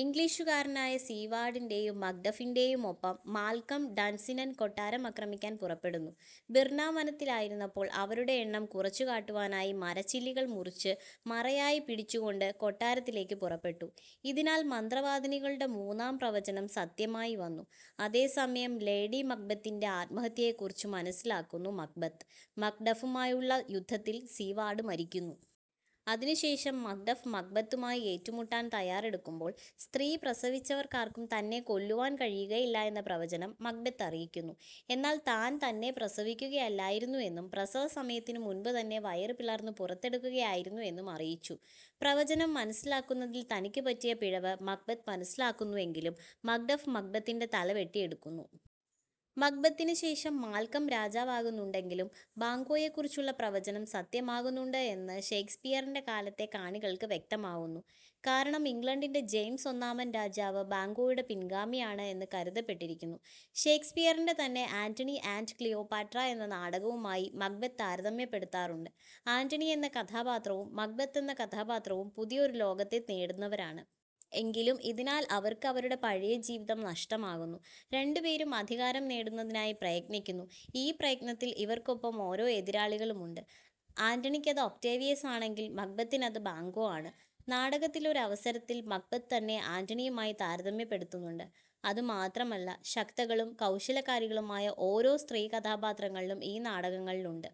ഇംഗ്ലിഷുകാരനായ സീവാർഡിന്റെയും മക്ഡഫിന്റെയും ഒപ്പം Malcolm Dunsinane കൊട്ടാരം അക്രമിക്കാൻ പുറപ്പെടുന്നു. ബിർനാം വനത്തിലായിരുന്നപ്പോൾ അവരുടെ എണ്ണം കുറച്ചുകാട്ടുവാനായി മരച്ചില്ലികൾ മുറിച്ച് മറയായിപ്പിടിച്ചുകൊണ്ട് കൊട്ടാരത്തിലേക്ക് പുറപ്പെട്ടു. ഇതിനാൽ മന്ത്രവാദിനികളുടെ മൂന്നാം പ്രവചനം സത്യമായി വന്നു. അതേസമയം ലേഡി മക്ബെത്തിന്റെ ആത്മഹത്യയെക്കുറിച്ച് മനസ്സിലാക്കുന്നു മക്ബെത്. മക്ഡഫുമായി ഉള്ള യുദ്ധത്തിൽ സീവാർഡ് മരിക്കുന്നു. അതിനുശേഷം മക്ഡഫ് മക്ബെത്തുമായി ഏറ്റുമുട്ടാൻ തയ്യാറെടുക്കുമ്പോൾ സ്ത്രീ പ്രസവിച്ചവർക്കാർക്കും തന്നെ കൊല്ലുവാൻ കഴിയുകയില്ല എന്ന പ്രവചനം മക്ബെത്ത് അറിയിക്കുന്നു. എന്നാൽ താൻ തന്നെ പ്രസവിക്കുകയല്ലായിരുന്നു എന്നും, പ്രസവസമയത്തിനു മുൻപ് തന്നെ വയറ് പിളർന്ന് പുറത്തെടുക്കുകയായിരുന്നു എന്നും അറിയിച്ചു. പ്രവചനം മനസ്സിലാക്കുന്നതിൽ തനിക്കു പറ്റിയ പിഴവ് മക്ബെത്ത് മനസ്സിലാക്കുന്നുവെങ്കിലും മക്ഡഫ് മക്ബെത്തിന്റെ തല വെട്ടിയെടുക്കുന്നു. മക്ബെത്തിന് ശേഷം മാൽക്കം രാജാവാകുന്നുണ്ടെങ്കിലും ബാങ്ക്വോയെക്കുറിച്ചുള്ള പ്രവചനം സത്യമാകുന്നുണ്ട് എന്ന് ഷെയ്ക്സ്പിയറിന്റെ കാലത്തെ കാണികൾക്ക് വ്യക്തമാവുന്നു. കാരണം ഇംഗ്ലണ്ടിന്റെ ജെയിംസ് ഒന്നാമൻ രാജാവ് ബാങ്ക്വോയുടെ പിൻഗാമി ആണ് എന്ന് കരുതപ്പെട്ടിരിക്കുന്നു. ഷേക്സ്പിയറിന്റെ തന്നെ ആന്റണി ആന്റ് ക്ലിയോപാട്ര എന്ന നാടകവുമായി മക്ബെത്ത് താരതമ്യപ്പെടുത്താറൂണ്ട്. ആന്റണി എന്ന കഥാപാത്രവും മക്ബെത്ത് എന്ന കഥാപാത്രവും പുതിയ ഒരു ലോകത്തെ തേടുന്നവരാണ്. എങ്കിലും ഇതിനാൽ അവർക്ക് അവരുടെ പഴയ ജീവിതം നഷ്ടമാകുന്നു. രണ്ടുപേരും അധികാരം നേടുന്നതിനായി പ്രയത്നിക്കുന്നു. ഈ പ്രയത്നത്തിൽ ഇവർക്കൊപ്പം ഓരോ എതിരാളികളും ഉണ്ട്. ആന്റണിക്കത് ഒക്ടേവിയസ് ആണെങ്കിൽ മക്ബെത്തിനത് ബാങ്ക്വോ ആണ്. നാടകത്തിലൊരു അവസരത്തിൽ മക്ബെത്ത് തന്നെ ആന്റണിയുമായി താരതമ്യപ്പെടുത്തുന്നുണ്ട്. അതുമാത്രമല്ല ശക്തകളും കൗശലക്കാരികളുമായ ഓരോ സ്ത്രീ കഥാപാത്രങ്ങൾലും ഈ നാടകങ്ങൾലുണ്ട്.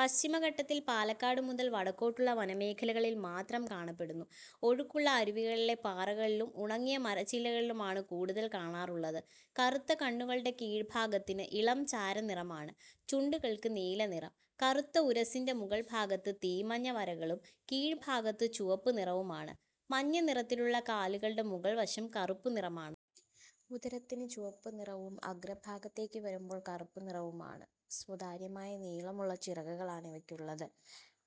പശ്ചിമഘട്ടത്തിൽ പാലക്കാട്ട് മുതൽ വടക്കോട്ടുള്ള വനമേഖലകളിൽ മാത്രം കാണപ്പെടുന്നു. ഒഴുക്കുള്ള അരുവികളിലെ പാറകളിലും ഉണങ്ങിയ മരച്ചില്ലകളിലുമാണ് കൂടുതൽ കാണാറുള്ളത്. കറുത്ത കണ്ണുകളുടെ കീഴ്ഭാഗത്തിന് ഇളം ചാരനിറമാണ്. ചുണ്ടുകൾക്ക് നീല നിറം. കറുത്ത ഉരസ്സിന്റെ മുകൾ ഭാഗത്ത് തീമഞ്ഞ വരകളും കീഴ്ഭാഗത്ത് ചുവപ്പ് നിറവുമാണ്. മഞ്ഞ നിറത്തിലുള്ള കാലുകളുടെ മുകൾ വശം കറുപ്പ് നിറമാണ്. ഉദരത്തിനു ചുവപ്പ് നിറവും അഗ്രഭാഗത്തേക്ക് വരുമ്പോൾ കറുപ്പു നിറവുമാണ്. സുതാര്യമായ നീളമുള്ള ചിറകുകളാണ് ഇവയ്ക്കുള്ളത്.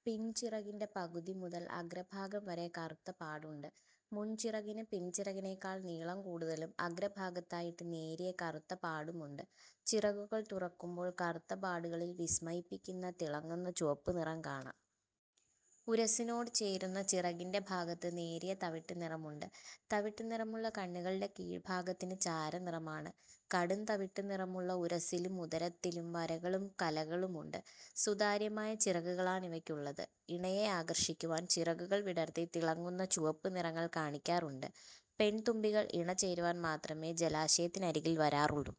പിൻ ചിറകിന്റെ പകുതി മുതൽ അഗ്രഭാഗം വരെ കറുത്ത പാടുണ്ട്. മുൻ ചിറകിന് പിൻ ചിറകിനേക്കാൾ നീളം കൂടുതലും അഗ്രഭാഗത്തായിട്ട് നേരിയ കറുത്ത പാടുമുണ്ട്. ചിറകുകൾ തുറക്കുമ്പോൾ കറുത്ത പാടുകളിൽ വിസ്മയിപ്പിക്കുന്ന തിളങ്ങുന്ന ചുവപ്പു നിറം കാണാം. ഉരസ്സിനോട് ചേരുന്ന ചിറകിന്റെ ഭാഗത്ത് നേരിയ തവിട്ട് നിറമുണ്ട്. തവിട്ടു നിറമുള്ള കണ്ണുകളുടെ കീഴ്ഭാഗത്തിന് ചാരനിറമാണ്. കടും തവിട്ടു നിറമുള്ള ഉരസ്സിലും ഉദരത്തിലും വരകളും കലകളുമുണ്ട്. സുതാര്യമായ ചിറകുകളാണിവയ്ക്കുള്ളത്. ഇണയെ ആകർഷിക്കുവാൻ ചിറകുകൾ വിടർത്തി തിളങ്ങുന്ന ചുവപ്പ് നിറങ്ങൾ കാണിക്കാറുണ്ട്. പെൺതുമ്പികൾ ഇണ ചേരുവാൻ മാത്രമേ ജലാശയത്തിനരികിൽ വരാറുള്ളു.